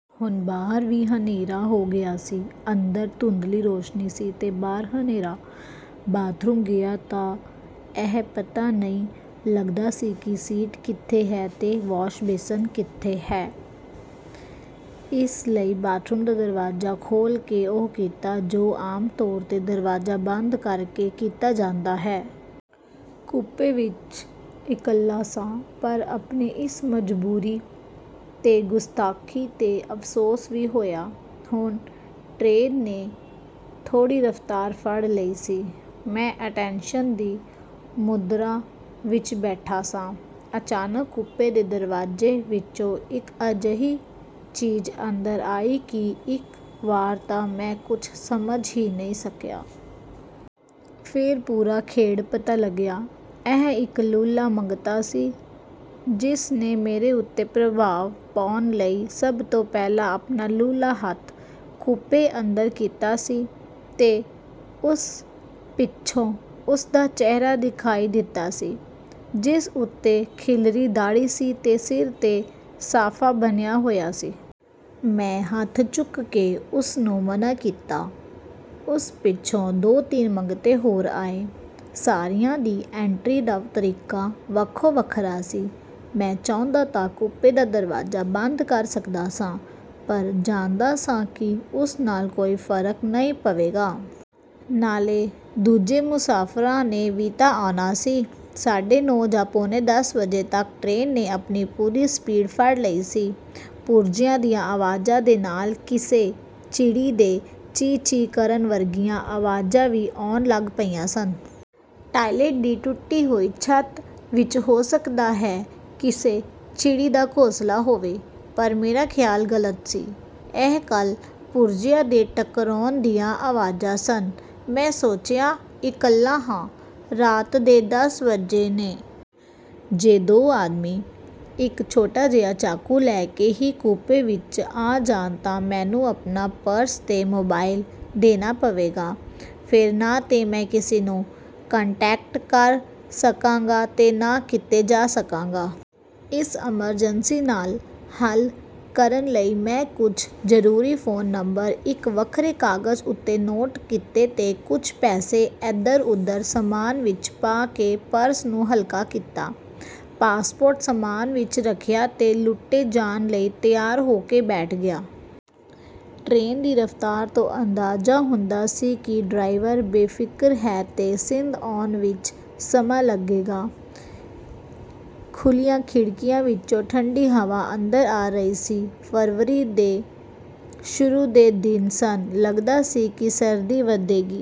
ਹੁਣ ਬਾਹਰ ਵੀ ਹਨੇਰਾ ਹੋ ਗਿਆ ਸੀ। ਅੰਦਰ ਧੁੰਦਲੀ ਰੋਸ਼ਨੀ ਸੀ ਤੇ ਬਾਹਰ ਹਨੇਰਾ। ਬਾਥਰੂਮ ਗਿਆ ਤਾਂ ਇਹ ਪਤਾ ਨਹੀਂ ਲੱਗਦਾ ਸੀ ਕਿ ਸੀਟ ਕਿੱਥੇ ਹੈ ਤੇ ਵਾਸ਼ ਬੇਸਿਨ ਕਿੱਥੇ ਹੈ। ਇਸ ਲਈ ਬਾਥਰੂਮ ਦਾ ਦਰਵਾਜ਼ਾ ਖੋਲ੍ਹ ਕੇ ਉਹ ਕੀਤਾ, ਜੋ ਆਮ ਤੌਰ 'ਤੇ ਦਰਵਾਜ਼ਾ ਬੰਦ ਕਰਕੇ ਕੀਤਾ ਜਾਂਦਾ ਹੈ। ਕੂਪੇ ਵਿਚ ਇਕੱਲਾ ਸਾਂ, ਪਰ ਆਪਣੀ ਇਸ ਮਜਬੂਰੀ ਤੇ ਗੁਸਤਾਖ਼ੀ 'ਤੇ ਅਫ਼ਸੋਸ ਵੀ ਹੋਇਆ। ਹੁਣ ਟਰੇਨ ਨੇ ਥੋੜ੍ਹੀ ਰਫ਼ਤਾਰ ਫੜ੍ਹ ਲਈ ਸੀ। ਮੈਂ ਅਟੈਨਸ਼ਨ ਦੀ ਮੁਦਰਾ ਵਿਚ ਬੈਠਾ ਸਾਂ। ਅਚਾਨਕ ਕੂਪੇ ਦੇ ਦਰਵਾਜ਼ੇ ਵਿਚੋਂ ਇਕ ਅਜਿਹੀ ਚੀਜ਼ ਅੰਦਰ ਆਈ ਕਿ ਇਕ ਵਾਰ ਤਾਂ ਮੈਂ ਕੁਝ ਸਮਝ ਹੀ ਨਹੀਂ ਸਕਿਆ। ਫੇਰ ਪੂਰਾ ਖੇਡ ਪਤਾ ਲੱਗਿਆ। ਇਹ ਇਕ ਲੂਲ੍ਹਾ ਮੰਗਤਾ ਸੀ, ਜਿਸਨੇ ਮੇਰੇ ਉੱਤੇ ਪ੍ਰਭਾਵ ਪਾਉਣ ਲਈ ਸਭ ਤੋਂ ਪਹਿਲਾਂ ਆਪਣਾ ਲੂਲ੍ਹਾ ਹੱਥ ਕੂਪੇ ਅੰਦਰ ਕੀਤਾ ਸੀ ਤੇ ਉਸ ਪਿੱਛੋਂ ਉਸਦਾ ਚਿਹਰਾ ਦਿਖਾਈ ਦਿੱਤਾ ਸੀ, ਜਿਸ ਉੱਤੇ ਖਿੱਲਰੀ ਦਾੜ੍ਹੀ ਸੀ ਤੇ ਸਿਰ 'ਤੇ ਸਾਫ਼ਾ ਬੰਨ੍ਹਿਆ ਹੋਇਆ ਸੀ। ਮੈਂ ਹੱਥ ਚੁੱਕ ਕੇ ਉਸਨੂੰ ਮਨ੍ਹਾਂ ਕੀਤਾ। ਉਸ ਪਿੱਛੋਂ ਦੋ-ਤਿੰਨ ਮੰਗਤੇ ਹੋਰ ਆਏ। ਸਾਰਿਆਂ ਦੀ ਐਂਟਰੀ ਦਾ ਤਰੀਕਾ ਵੱਖੋ-ਵੱਖਰਾ ਸੀ। ਮੈਂ ਚਾਹੁੰਦਾ ਤਾਂ ਕੂਪੇ ਦਾ ਦਰਵਾਜ਼ਾ ਬੰਦ ਕਰ ਸਕਦਾ ਸਾਂ, ਪਰ ਜਾਣਦਾ ਸਾਂ ਕਿ ਉਸ ਨਾਲ ਕੋਈ ਫ਼ਰਕ ਨਹੀਂ ਪਵੇਗਾ। ਨਾਲੇ, ਦੂਜੇ ਮੁਸਾਫ਼ਰਾਂ ਨੇ ਵੀ ਤਾਂ ਆਉਣਾ ਸੀ। ਸਾਢੇ ਨੌਂ ਜਾਂ ਪੌਣੇ ਦਸ ਵਜੇ ਤੱਕ ਟਰੇਨ ਨੇ ਆਪਣੀ ਪੂਰੀ ਸਪੀਡ ਫੜ੍ਹ ਲਈ ਸੀ। ਪੁਰਜ਼ਿਆਂ ਦੀਆਂ ਆਵਾਜ਼ਾਂ ਦੇ ਨਾਲ ਕਿਸੇ ਚਿੜੀ ਦੇ ਚੀਂ-ਚੀਂ ਕਰਨ ਵਰਗੀਆਂ ਆਵਾਜ਼ਾਂ ਵੀ ਆਉਣ ਲੱਗ ਪਈਆਂ ਸਨ। ਟਾਇਲਟ ਦੀ ਟੁੱਟੀ ਹੋਈ ਛੱਤ ਵਿਚ ਹੋ ਸਕਦਾ ਹੈ ਕਿਸੇ ਚਿੜੀ ਦਾ ਘੋਂਸਲਾ ਹੋਵੇ। ਪਰ ਮੇਰਾ ਖ਼ਿਆਲ ਗ਼ਲਤ ਸੀ। ਇਹ ਕਲ-ਪੁਰਜ਼ਿਆਂ ਦੇ ਟਕਰਾਉਣ ਦੀਆਂ ਆਵਾਜ਼ਾਂ ਸਨ। ਮੈਂ ਸੋਚਿਆ, ਇਕੱਲਾ ਹਾਂ। ਰਾਤ ਦੇ ਦਸ ਵੱਜੇ ਨੇ। ਜੇ ਦੋ ਆਦਮੀ ਇਕ ਛੋਟਾ ਜਿਹਾ ਚਾਕੂ ਲੈ ਕੇ ਹੀ ਕੂਪੇ ਵਿਚ ਆ ਜਾਣ ਤਾਂ ਮੈਨੂੰ ਆਪਣਾ ਪਰਸ ਤੇ ਮੋਬਾਇਲ ਦੇਣਾ ਪਵੇਗਾ। ਫੇਰ ਨਾ ਤਾਂ ਮੈਂ ਕਿਸੇ ਨੂੰ 'ਕਾਨਟੈਕਟ' ਕਰ ਸਕਾਂਗਾ ਤੇ ਨਾ ਕਿਤੇ ਜਾ ਸਕਾਂਗਾ। ਇਸ ਐਮਰਜੈਂਸੀ ਨਾਲ ਹੱਲ ਕਰਨ ਲਈ ਮੈਂ ਕੁਝ ਜ਼ਰੂਰੀ ਫ਼ੋਨ ਨੰਬਰ ਇੱਕ ਵੱਖਰੇ ਕਾਗਜ਼ ਉੱਤੇ ਨੋਟ ਕੀਤੇ ਤੇ ਕੁਝ ਪੈਸੇ ਇਧਰ-ਉਧਰ ਸਾਮਾਨ ਵਿਚ ਪਾ ਕੇ ਪਰਸ ਨੂੰ ਹਲਕਾ ਕੀਤਾ। ਪਾਸਪੋਰਟ ਸਾਮਾਨ ਵਿਚ ਰੱਖਿਆ ਤੇ ਲੁੱਟੇ ਜਾਣ ਲਈ ਤਿਆਰ ਹੋ ਕੇ ਬੈਠ ਗਿਆ। ਟਰੇਨ ਦੀ ਰਫ਼ਤਾਰ ਤੋਂ ਅੰਦਾਜ਼ਾ ਹੁੰਦਾ ਸੀ ਕਿ ਡਰਾਈਵਰ ਬੇਫ਼ਿਕਰ ਹੈ ਤੇ ਸਿੰਧ ਆਉਣ ਵਿਚ ਸਮਾਂ ਲੱਗੇਗਾ। ਖੁੱਲ੍ਹੀਆਂ ਖਿੜਕੀਆਂ ਵਿਚੋਂ ਠੰਡੀ ਹਵਾ ਅੰਦਰ ਆ ਰਹੀ ਸੀ। ਫ਼ਰਵਰੀ ਦੇ ਸ਼ੁਰੂ ਦੇ ਦਿਨ ਸਨ। ਲੱਗਦਾ ਸੀ ਕਿ ਸਰਦੀ ਵਧੇਗੀ।